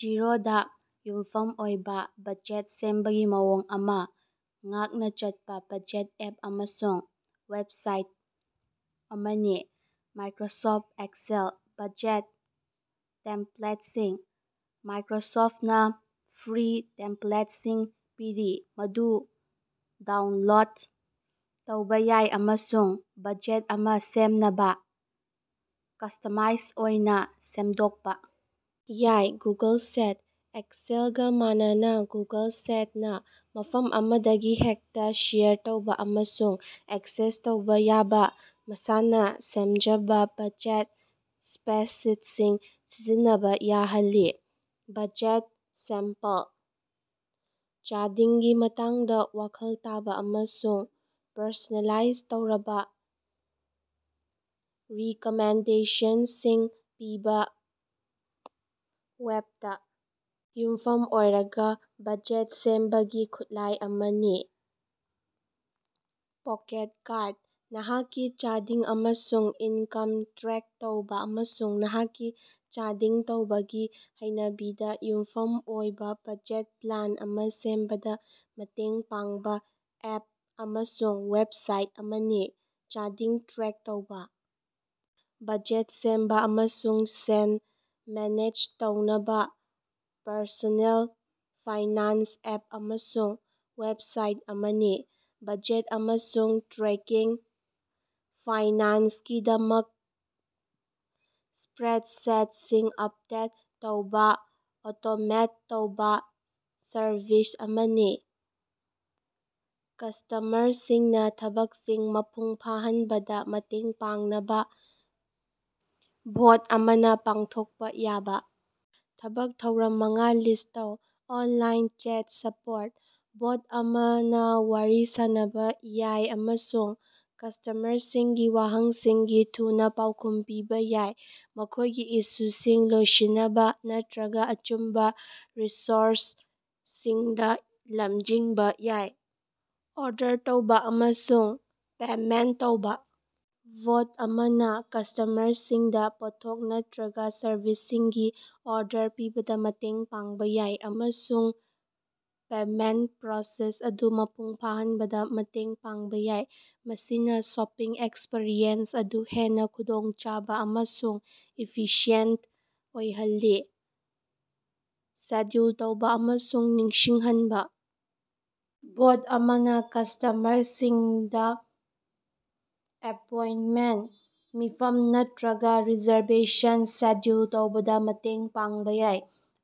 ꯖꯤꯔꯣꯗꯥ ꯌꯨꯝꯐꯝ ꯑꯣꯏꯕ ꯕꯖꯦꯠ ꯁꯦꯝꯕꯒꯤ ꯃꯑꯣꯡ ꯑꯃꯥ ꯉꯥꯛꯅ ꯆꯠꯄ ꯕꯖꯦꯠ ꯑꯦꯞ ꯑꯃꯁꯨꯡ ꯋꯦꯕꯁꯥꯏꯠ ꯑꯃꯅꯤ꯫ ꯃꯥꯏꯀꯔꯣꯁꯣꯐꯠ ꯑꯦꯛꯁꯦꯜ ꯕꯖꯦꯠ ꯇꯦꯝꯄ꯭ꯂꯦꯠꯁꯤꯡ: ꯃꯥꯏꯀꯔꯣꯁꯣꯐꯇꯅꯥ ꯐ꯭ꯔꯤ ꯇꯦꯝꯄꯂꯦꯠꯁꯤꯡ ꯄꯤꯔꯤ ꯃꯗꯨ ꯗꯥꯎꯟꯂꯣꯗ ꯇꯧꯕ ꯌꯥꯏ ꯑꯃꯁꯨꯡ ꯕꯖꯦꯠ ꯑꯃꯥ ꯁꯦꯝꯅꯕ ꯀꯁ꯭ꯇꯃꯥꯏꯁ ꯑꯣꯏꯅ ꯁꯦꯝꯗꯣꯛꯄ ꯌꯥꯏ꯫ ꯒꯨꯒꯜ ꯁꯦꯠ: ꯑꯦꯛꯁꯦꯜꯒ ꯃꯥꯟꯅꯅ ꯒꯨꯒꯜ ꯁꯦꯠꯅ ꯃꯐꯝ ꯑꯃꯗꯒꯤ ꯍꯦꯛꯇ ꯁꯦꯌꯔ ꯇꯧꯕ ꯑꯃꯁꯨꯡ ꯑꯦꯛꯁꯦꯁ ꯇꯧꯕ ꯌꯥꯕ ꯃꯁꯥꯅ ꯁꯦꯝꯖꯕ ꯕꯖꯦꯠ ꯁ꯭ꯄꯔꯦꯗꯁꯤꯠꯁꯤꯡ ꯁꯤꯖꯤꯟꯅꯕ ꯌꯥꯍꯜꯂꯤ꯫ ꯕꯖꯦꯠꯁꯦꯝꯄꯜ: ꯆꯥꯗꯤꯡꯒꯤ ꯃꯇꯥꯡꯗ ꯋꯥꯈꯜ ꯇꯥꯕ ꯑꯃꯁꯨꯡ ꯄꯔꯁꯣꯅꯦꯂꯥꯏꯖ ꯇꯧꯔꯕ ꯔꯤꯀꯃꯦꯟꯗꯦꯁꯟꯁꯤꯡ ꯄꯤꯕ ꯋꯦꯕꯇ ꯌꯨꯝꯐꯝ ꯑꯣꯏꯔꯕ ꯕꯖꯦꯠ ꯁꯦꯝꯕꯒꯤ ꯈꯨꯠꯂꯥꯏ ꯑꯃꯅꯤ꯫ ꯄꯣꯀꯦꯠꯒꯥꯔꯗ: ꯅꯍꯥꯛꯀꯤ ꯆꯥꯗꯤꯡ ꯑꯃꯁꯨꯡ ꯏꯟꯀꯝ ꯇ꯭ꯔꯦꯛ ꯇꯧꯕ ꯑꯃꯁꯨꯡ ꯅꯍꯥꯛꯀꯤ ꯆꯥꯗꯤꯡ ꯇꯧꯕꯒꯤ ꯍꯩꯅꯕꯤꯗ ꯌꯨꯝꯐꯝ ꯑꯣꯏꯕ ꯕꯖꯦꯠ ꯄ꯭ꯂꯥꯟ ꯑꯃꯥ ꯁꯦꯝꯕꯗ ꯃꯇꯦꯡ ꯄꯥꯡꯕ ꯑꯦꯞ ꯑꯃꯁꯨꯡ ꯋꯦꯕꯁꯥꯏꯠ ꯑꯃꯅꯤ꯫ ꯆꯥꯗꯤꯡ ꯇ꯭ꯔꯦꯛ ꯇꯧꯕ, ꯕꯖꯦꯠ ꯁꯦꯝꯕ, ꯑꯃꯁꯨꯡ ꯁꯦꯟ ꯃꯦꯅꯦꯖ ꯇꯧꯅꯕ ꯄꯔꯁꯣꯅꯦꯜ ꯐꯥꯏꯅꯥꯟꯁ ꯑꯦꯞ ꯑꯃꯁꯨꯡ ꯋꯦꯕꯁꯥꯏꯠ ꯑꯃꯅꯤ꯫ ꯕꯖꯦꯠ ꯑꯃꯁꯨꯡ ꯇ꯭ꯔꯦꯀꯤꯡ ꯐꯥꯏꯅꯥꯟꯁꯀꯤꯗꯃꯛ ꯁ꯭ꯄꯔꯦꯗꯁꯤꯠꯁꯤꯡ ꯑꯞꯗꯦꯠ ꯇꯧꯕ ꯑꯣꯇꯣꯃꯦꯠ ꯇꯧꯕ ꯁꯔꯚꯤꯁ ꯑꯃꯅꯤ꯫ ꯀꯁ꯭ꯇꯃꯔꯁꯤꯡꯅ ꯊꯕꯛꯁꯤꯡ ꯃꯄꯨꯡ ꯐꯥꯍꯟꯕꯗ ꯃꯇꯦꯡ ꯄꯥꯡꯅꯕ ꯕꯣꯠ ꯑꯃꯅ ꯄꯥꯡꯊꯣꯛꯄ ꯌꯥꯕ ꯊꯕꯛ ꯊꯧꯔꯝ ꯃꯉꯥ ꯂꯤꯁ꯭ꯠ ꯇꯧ꯫ ꯑꯣꯟꯂꯥꯏꯟ ꯆꯦꯠ ꯁꯄꯣꯔꯠ: ꯕꯣꯠ ꯑꯃꯅ ꯋꯥꯔꯤ ꯁꯥꯅꯕ ꯌꯥꯏ ꯑꯃꯁꯨꯡ ꯀꯁ꯭ꯇꯃꯔꯁꯤꯡꯒꯤ ꯋꯥꯍꯪꯁꯤꯡꯒꯤ ꯊꯨꯅ ꯄꯥꯎꯈꯨꯝ ꯄꯤꯕ ꯌꯥꯏ, ꯃꯈꯣꯏꯒꯤ ꯏꯁꯨꯁꯤꯡ ꯂꯣꯏꯁꯤꯅꯕ ꯅꯠꯇꯔꯒ ꯑꯆꯨꯝꯕ ꯔꯤꯁꯣꯔꯁꯁꯤꯡꯗ ꯂꯝꯖꯤꯡꯕ ꯌꯥꯏ꯫ ꯑꯣꯔꯗꯔ ꯇꯧꯕ ꯑꯃꯁꯨꯡ ꯄꯦꯃꯦꯟꯇ ꯇꯧꯕꯥ: ꯕꯣꯠ ꯑꯃꯅ ꯀꯁ꯭ꯇꯃꯔꯁꯤꯡꯗ ꯄꯣꯠꯊꯣꯛ ꯅꯠꯇꯔꯒ ꯁꯔꯚꯤꯁꯁꯤꯡꯒꯤ ꯑꯣꯔꯗꯔ ꯄꯤꯕꯗ ꯃꯇꯦꯡ ꯄꯥꯡꯕ ꯌꯥꯏ ꯑꯃꯁꯨꯡ ꯄꯦꯃꯦꯟꯠ ꯄ꯭ꯔꯣꯁꯦꯁ ꯑꯗꯨ ꯃꯄꯨꯡ ꯐꯥꯍꯟꯕꯗ ꯃꯇꯦꯡ ꯄꯥꯡꯕ ꯌꯥꯏ, ꯃꯁꯤꯅ ꯁꯣꯄꯤꯡ ꯑꯦꯛꯁꯄꯤꯔꯤꯑꯦꯟꯁ ꯑꯗꯨ ꯍꯦꯟꯅ ꯈꯨꯗꯣꯡꯆꯥꯕ ꯑꯃꯁꯨꯡ ꯏꯐꯤꯁꯤꯑꯦꯟꯠ ꯑꯣꯏꯍꯜꯂꯤ꯫ ꯁꯦꯗ꯭ꯌꯨꯜ ꯇꯧꯕ ꯑꯃꯁꯨꯡ ꯅꯤꯡꯁꯤꯡꯍꯟꯕ: ꯕꯣꯠ ꯑꯃꯅ ꯀꯁ꯭ꯇꯃꯔꯁꯤꯡꯗ ꯑꯦꯄꯣꯏꯟꯠꯃꯦꯟꯠ, ꯃꯤꯐꯝ ꯅꯠꯇꯔꯒ ꯔꯤꯖꯔꯕꯦꯁꯟ ꯁꯦꯗ꯭ꯌꯨꯜ ꯇꯧꯕꯗ ꯃꯇꯦꯡ ꯄꯥꯡꯕ ꯌꯥꯏ,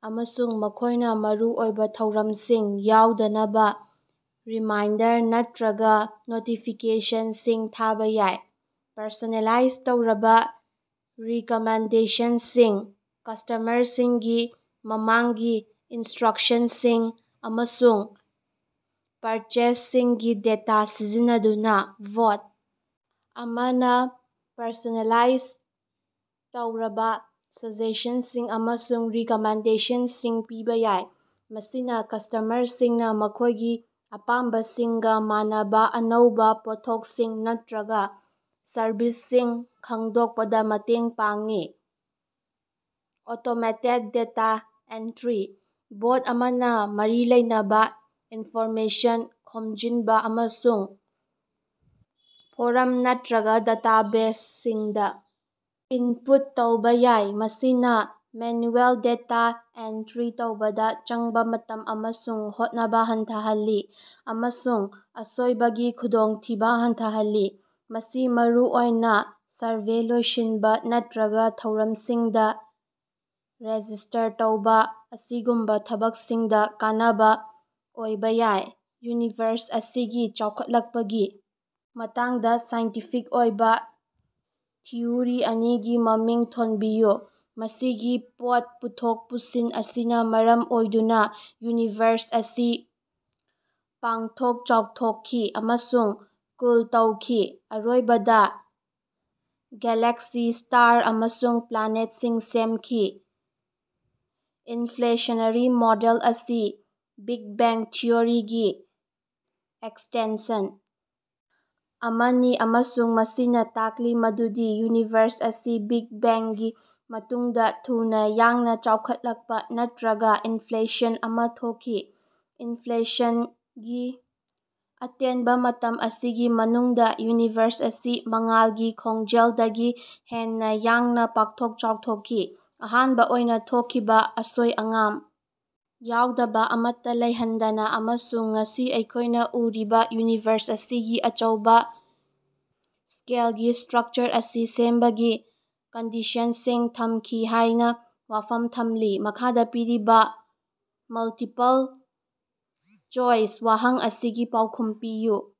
ꯑꯃꯁꯨꯡ ꯃꯈꯣꯏꯅ ꯃꯔꯨꯑꯣꯏꯕ ꯊꯧꯔꯝꯁꯤꯡ ꯌꯥꯎꯗꯅꯕ ꯔꯤꯃꯥꯏꯟꯗꯔ ꯅꯠꯇꯔꯒ ꯅꯣꯇꯤꯐꯤꯀꯦꯁꯟꯁꯤꯡ ꯊꯥꯕꯥ ꯌꯥꯏ꯫ ꯄꯔꯁꯣꯅꯦꯂꯥꯏꯖ ꯇꯧꯔꯕ ꯔꯤꯀꯃꯦꯟꯗꯦꯁꯟꯁꯤꯡ: ꯀꯁ꯭ꯇꯃꯔꯁꯤꯡꯒꯤ ꯃꯃꯥꯡꯒꯤ ꯏꯟꯇꯔꯦꯛꯁꯟꯁꯤꯡ ꯑꯃꯁꯨꯡ ꯄꯔꯆꯦꯖꯁꯤꯡꯒꯤ ꯗꯦꯇꯥ ꯁꯤꯖꯤꯟꯅꯗꯨꯅ ꯕꯣꯠ ꯑꯃꯅ ꯄꯔꯁꯣꯅꯦꯂꯥꯏꯖ ꯇꯧꯔꯕ ꯁꯖꯦꯁꯟꯁꯤꯡ ꯑꯃꯁꯨꯡ ꯔꯤꯀꯃꯦꯟꯗꯦꯁꯟꯁꯤꯡ ꯄꯤꯕ ꯌꯥꯏ, ꯃꯁꯤꯅ ꯀꯁ꯭ꯇꯃꯔꯁꯤꯡꯅ ꯃꯈꯣꯏꯒꯤ ꯑꯄꯥꯝꯕꯁꯤꯡꯒ ꯃꯥꯟꯅꯕ ꯑꯅꯧꯕ ꯄꯣꯠꯊꯣꯛꯁꯤꯡ ꯅꯠꯇꯔꯒ ꯁꯔꯚꯤꯁꯁꯤꯡ ꯈꯪꯗꯣꯛꯄꯗ ꯃꯇꯦꯡ ꯄꯥꯡꯏ꯫ ꯑꯣꯇꯣꯃꯦꯇꯦꯗ ꯗꯦꯇꯥ ꯑꯦꯟꯇꯔꯤ: ꯕꯣꯠ ꯑꯃꯅ ꯃꯔꯤ ꯂꯩꯅꯕ ꯏꯟꯐꯣꯔꯃꯦꯁꯟ ꯈꯣꯝꯖꯤꯟꯕ ꯑꯃꯁꯨꯡ ꯐꯣꯔꯝ ꯅꯠꯇꯔꯒ ꯗꯦꯇꯥꯕꯦꯖꯁꯤꯡꯗ ꯏꯟꯄꯨꯠ ꯇꯧꯕ ꯌꯥꯏ, ꯃꯁꯤꯅ ꯃꯦꯅꯨꯑꯦꯜ ꯗꯦꯇꯥ ꯑꯦꯟꯇꯔꯤ ꯇꯧꯕꯗ ꯆꯪꯕꯥ ꯃꯇꯝ ꯑꯃꯁꯨꯡ ꯍꯣꯠꯅꯕ ꯍꯟꯊꯍꯜꯂꯤ ꯑꯃꯁꯨꯡ ꯑꯁꯣꯏꯕꯒꯤ ꯈꯨꯗꯣꯡꯊꯤꯕ ꯍꯟꯊꯍꯜꯂꯤ꯫ ꯃꯁꯤ ꯃꯔꯨꯑꯣꯏꯅ ꯁꯔꯚꯦ ꯂꯣꯏꯁꯤꯟꯕ ꯅꯠꯇꯔꯒ ꯊꯧꯔꯝꯁꯤꯡꯗ ꯔꯦꯖꯤꯁ꯭ꯇꯔ ꯇꯧꯕ ꯑꯁꯤꯒꯨꯝꯕ ꯊꯕꯛꯁꯤꯡꯗ ꯀꯥꯟꯅꯕ ꯑꯣꯏꯕ ꯌꯥꯏ꯫ ꯌꯨꯅꯤꯚꯔꯁ ꯑꯁꯤꯒꯤ ꯆꯥꯎꯈꯠꯄꯒꯤ ꯃꯇꯥꯡꯗ ꯁꯥꯏꯟꯇꯤꯐꯤꯛ ꯑꯣꯏꯕ ꯊꯤꯎꯔꯤ ꯑꯅꯤꯒꯤ ꯃꯃꯤꯡ ꯊꯣꯟꯕꯤꯌꯨ꯫ ꯃꯁꯤꯒꯤ ꯄꯣꯠ ꯄꯨꯊꯣꯛ ꯄꯨꯁꯤꯟ ꯑꯁꯤꯅ ꯃꯔꯝ ꯑꯣꯏꯗꯨꯅ ꯌꯨꯅꯤꯚꯔꯁ ꯑꯁꯤ ꯄꯥꯛꯊꯣꯛ-ꯆꯥꯎꯊꯣꯛꯈꯤ ꯑꯃꯁꯨꯡ ꯀꯨꯜ ꯇꯧꯈꯤ, ꯑꯔꯣꯏꯕꯗ ꯒꯦꯂꯦꯛꯁꯤ, ꯁ꯭ꯇꯥꯔ ꯑꯃꯁꯨꯡ ꯄ꯭ꯂꯥꯅꯦꯠꯁꯤꯡ ꯁꯦꯝꯈꯤ꯫ ꯏꯟꯐ꯭ꯂꯦꯁꯟꯔꯤ ꯃꯣꯗꯦꯜ ꯑꯁꯤ ꯕꯤꯒ ꯕꯦꯡ ꯊꯤꯑꯣꯔꯤꯒꯤ ꯑꯦꯛꯁꯇꯦꯟꯁꯟ ꯑꯃꯅꯤ, ꯑꯃꯁꯨꯡ ꯃꯁꯤꯅ ꯇꯥꯛꯂꯤ ꯃꯗꯨꯗꯤ ꯌꯨꯅꯤꯚꯔꯁ ꯑꯁꯤ ꯕꯤꯒ ꯕꯦꯡꯒꯤ ꯃꯇꯨꯡꯗ ꯊꯨꯅ ꯌꯥꯡꯅ ꯆꯥꯎꯈꯠꯂꯛꯄ ꯅꯠꯇꯔꯒ ꯏꯟꯐ꯭ꯂꯦꯁꯟ ꯑꯃꯥ ꯊꯣꯛꯈꯤ꯫ ꯏꯟꯐ꯭ꯂꯦꯁꯟꯒꯤ ꯑꯇꯦꯟꯕ ꯃꯇꯝ ꯑꯁꯤꯒꯤ ꯃꯅꯨꯡꯗ, ꯌꯨꯅꯤꯚꯔꯁ ꯑꯁꯤ ꯃꯉꯥꯜꯒꯤ ꯈꯣꯡꯖꯦꯜꯗꯒꯤ ꯍꯦꯟꯅ ꯌꯥꯡꯅ ꯄꯥꯛꯊꯣꯛ-ꯆꯥꯎꯊꯣꯛꯈꯤ, ꯑꯍꯥꯟꯕ ꯑꯣꯏꯅ ꯊꯣꯛꯈꯤꯕ ꯑꯁꯣꯏ-ꯑꯉꯥꯝ ꯌꯥꯎꯗꯕ ꯑꯃꯠꯇ ꯂꯩꯍꯟꯗꯅ ꯑꯃꯁꯨꯡ ꯉꯁꯤ ꯑꯩꯈꯣꯏꯅ ꯎꯔꯤꯕ ꯌꯨꯅꯤꯚꯔꯁ ꯑꯁꯤꯒꯤ ꯑꯆꯧꯕ ꯁ꯭ꯀꯦꯜꯒꯤ ꯁ꯭ꯇꯔꯛꯆꯔ ꯑꯁꯤ ꯁꯦꯝꯕꯒꯤ ꯀꯟꯗꯤꯁꯟꯁꯤꯡ ꯊꯝꯈꯤ ꯍꯥꯏꯅ ꯋꯥꯐꯝ ꯊꯝꯂꯤ꯫ ꯃꯈꯥꯗ ꯄꯤꯔꯤꯕ ꯃꯜꯇꯤꯄꯜ ꯆꯣꯏꯁ ꯋꯥꯍꯪ ꯑꯁꯤꯒꯤ ꯄꯥꯎꯈꯨꯝ ꯄꯤꯌꯨ꯫